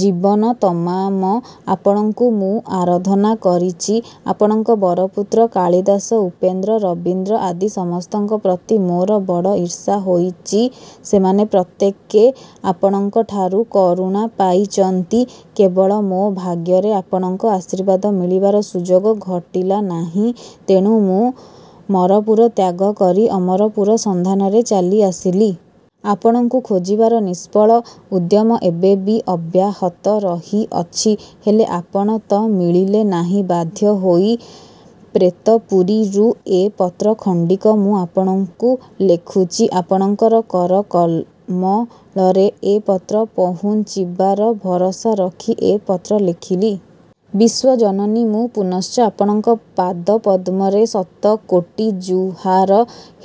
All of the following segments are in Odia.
ଜୀବନ ତମାମ ଆପଣଙ୍କୁ ମୁଁ ଆରାଧନା କରିଚି। ଆପଣଙ୍କ ବରପୁତ୍ର କାଳିଦାସ, ଉପେନ୍ଦ୍ର, ରବୀନ୍ଦ୍ର ଆଦି ସମସ୍ତଙ୍କ ପ୍ରତି ମୋର ବଡ଼ ଈର୍ଷା ହୋଇଚି। ସେମାନେ ପ୍ରତ୍ୟେକେ ଆପଣଙ୍କଠାରୁ କରୁଣା ପାଇଚନ୍ତି। କେବଳ ମୋ ଭାଗ୍ୟରେ ଆପଣଙ୍କ ଆଶୀର୍ବାଦ ମିଳିବାର ସୁଯୋଗ ଘଟିଲା ନାହିଁ। ତେଣୁ ମୁଁ ମରପୁର ତ୍ୟାଗ କରି ଅମରପୁର ସନ୍ଧାନରେ ଚାଲି ଆସିଲି। ଆପଣଙ୍କୁ ଖୋଜିବାର ନିଷ୍ଫଳ ଉଦ୍ୟମ ଏବେ ବି ଅବ୍ୟାହତ ରହି ଅଛି। ହେଲେ ଆପଣ ତ ମିଳିଲେ ନାହିଁ, ବାଧ୍ୟ ହୋଇ ପ୍ରେତପୁରୀରୁ ଏ ପତ୍ର ଖଣ୍ଡିକ ମୁଁ ଆପଣଙ୍କୁ ଲେଖୁଚି। ଆପଣଙ୍କର କରକମଳରେ ଏ ପତ୍ର ପହୁଞ୍ଚିବାର ଭରସା ରଖି ଏ ପତ୍ର ଲେଖିଲି। ବିଶ୍ୱଜନନୀ, ମୁଁ ପୁନଶ୍ଚ ଆପଣଙ୍କ ପାଦ-ପଦ୍ମରେ ଶତକୋଟି ଜୁହାର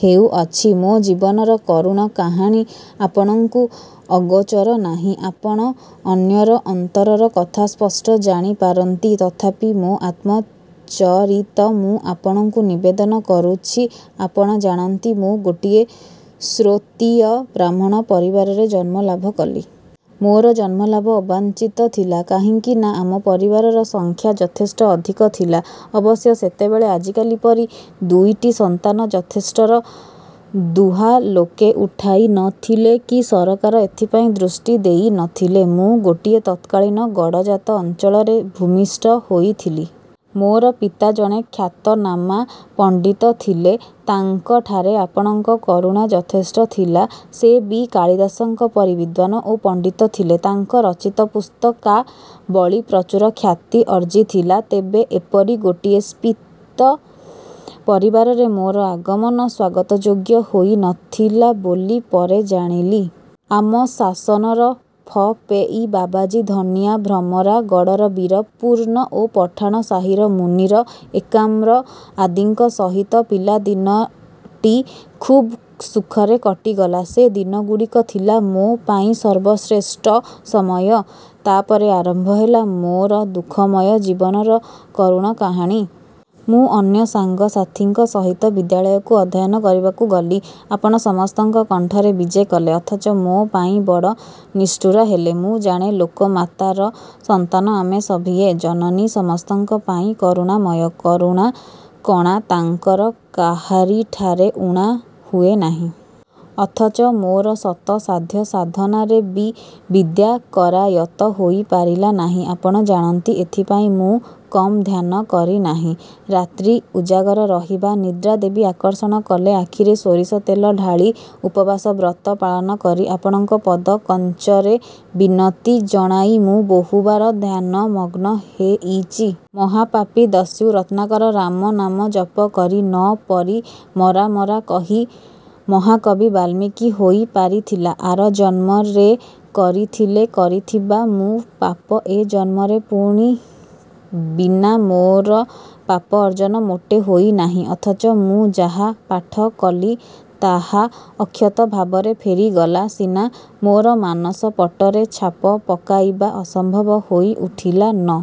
ହେଉଅଛି। ମୋ ଜୀବନର କରୁଣ କାହାଣୀ ଆପଣଙ୍କୁ ଅଗୋଚର ନାହିଁ। ଆପଣ ଅନ୍ୟର ଅନ୍ତରର କଥା ସ୍ପଷ୍ଟ ଜାଣିପାରନ୍ତି। ତଥାପି ମୋ ଆତ୍ମଚରିତ ମୁଁ ଆପଣଙ୍କୁ ନିବେଦନ କରୁଛି। ଆପଣ ଜାଣନ୍ତି, ମୁଁ ଗୋଟିଏ ଶ୍ରୋତ୍ରୀୟ ବ୍ରାହ୍ମଣ ପରିବାରରେ ଜନ୍ମଲାଭ କଲି। ମୋର ଜନ୍ମଲାଭ ଅବାଞ୍ଛିତ ଥିଲା। କାହିଁକି ନା, ଆମ ପରିବାରର ସଂଖ୍ୟା ଯଥେଷ୍ଟ ଅଧିକ ଥିଲା। ଅବଶ୍ୟ ସେତେବେଳେ ଆଜିକାଲି ପରି ଦୁଇଟି ସନ୍ତାନ ଯଥେଷ୍ଟର ଦୁହା ଲୋକେ ଉଠାଇ ନ ଥିଲେ, କି ସରକାର ଏଥିପାଇଁ ଦୃଷ୍ଟି ଦେଇ ନ ଥିଲେ। ମୁଁ ଗୋଟିଏ ତତ୍କାଳିନ ଗଡ଼ଜାତ ଅଞ୍ଚଳରେ ଭୂମିଷ୍ଠ ହୋଇଥିଲି। ମୋର ପିତା ଜଣେ ଖ୍ୟାତନାମା ପଣ୍ଡିତ ଥିଲେ। ତାଙ୍କଠାରେ ଆପଣଙ୍କ କରୁଣା ଯଥେଷ୍ଟ ଥିଲା। ସେ ବି କାଳିଦାସଙ୍କ ପରି ବିଦ୍ୱାନ୍ ଓ ପଣ୍ଡିତ ଥିଲେ। ତାଙ୍କ ରଚିତ ପୁସ୍ତକାବଳୀ ପ୍ରଚୁର ଖ୍ୟାତି ଅର୍ଜ୍ଜିଥିଲା। ତେବେ ଏପରି ଗୋଟିଏ ସ୍ଫୀତ ପରିବାରରେ ମୋର ଆଗମନ ସ୍ୱାଗତଯୋଗ୍ୟ ହୋଇ ନ ଥିଲା ବୋଲି ପରେ ଜାଣିଲି। ଆମ ଶାସନର ଫପେଇ ବାବାଜୀ, ଧନିଆ, ଭ୍ରମରା, ଗଡ଼ର ବୀର, ପୂର୍ଣ୍ଣ ଓ ପଠାଣ ସାହିର ମୁନିର, ଏକାମ୍ର ଆଦିଙ୍କ ସହିତ ପିଲାଦିନଟି ଖୁବ୍ ସୁଖରେ କଟିଗଲା। ସେ ଦିନଗୁଡ଼ିକ ଥିଲା ମୋ ପାଇଁ ସର୍ବଶ୍ରେଷ୍ଟ ସମୟ। ତା'ପରେ ଆରମ୍ଭ ହେଲା ମୋର ଦୁଃଖମୟ ଜୀବନର କରୁଣ କାହାଣୀ। ମୁଁ ଅନ୍ୟ ସାଙ୍ଗ ସାଥୀଙ୍କ ସହିତ ବିଦ୍ୟାଳୟକୁ ଅଧୟନ କରିବାକୁ ଗଲି। ଆପଣ ସମସ୍ତଙ୍କ କଣ୍ଠରେ ବିଜେ କଲେ; ଅଥଚ ମୋ ପାଇଁ ବଡ଼ ନିଷ୍ଠୁର ହେଲେ-। ମୁଁ ଜାଣେ, ଲୋକମାତାର ସନ୍ତାନ ଆମେ ସଭିଏ। ଜନନୀ ସମସ୍ତଙ୍କ ପାଇଁ କରୁଣାମୟ-। କରୁଣା-କଣା ତାଙ୍କର କାହାରିଠାରେ ଊଣା ହୁଏ ନାହିଁ। ଅଥଚ ମୋର ଶତ ସାଧ୍ୟ ସାଧନାରେ ବି ବିଦ୍ୟା କରାୟତ୍ତ ହୋଇପାରିଲା ନାହିଁ; ଆପଣ ଜାଣନ୍ତି, ଏଥିପାଇଁ ମୁଁ କମ୍ ଧ୍ୟାନ କରି ନାହିଁ। ରାତ୍ରି ଉଜାଗର ରହିବା, ନିଦ୍ରା ଦେବୀ ଆକର୍ଷଣ କଲେ ଆଖିରେ ସୋରିଷ ତେଳ ଢ଼ାଳି, ଉପବାସ ବ୍ରତ ପାଳନ କରି, ଆପଣଙ୍କ ପଦ କଞ୍ଜରେ ବିନତି ଜଣାଇ ମୁଁ ବହୁବାର ଧ୍ୟାନମଗ୍ନ ହେଇଚି। ମହାପାପୀ ଦସ୍ୟୁ ରତ୍ନାକର 'ରାମ' ନାମ ଜପ କରି ନ ପରି 'ମରା' 'ମରା' କହି ମହାକବି ବାଲ୍ମୀକି ହୋଇ ପାରିଥିଲା। ଆର ଜନ୍ମରେ କରିଥିଲେ କରିଥିବା ମୁଁ ପାପ, ଏ ଜନ୍ମରେ ପୁଣ୍ୟ ବିନା ମୋର ପାପ ଅର୍ଜ୍ଜନ ମୋଟେ ହୋଇନାହିଁ। ଅଥଚ ମୁଁ ଯାହା ପାଠ କଲି ତାହା ଅକ୍ଷତ ଭାବରେ ଫେରିଗଲା ସିନା; ମୋର ମାନସପଟରେ ଛାପ ପକାଇବା ଅସମ୍ଭବ ହୋଇ ଉଠିଲା। ନ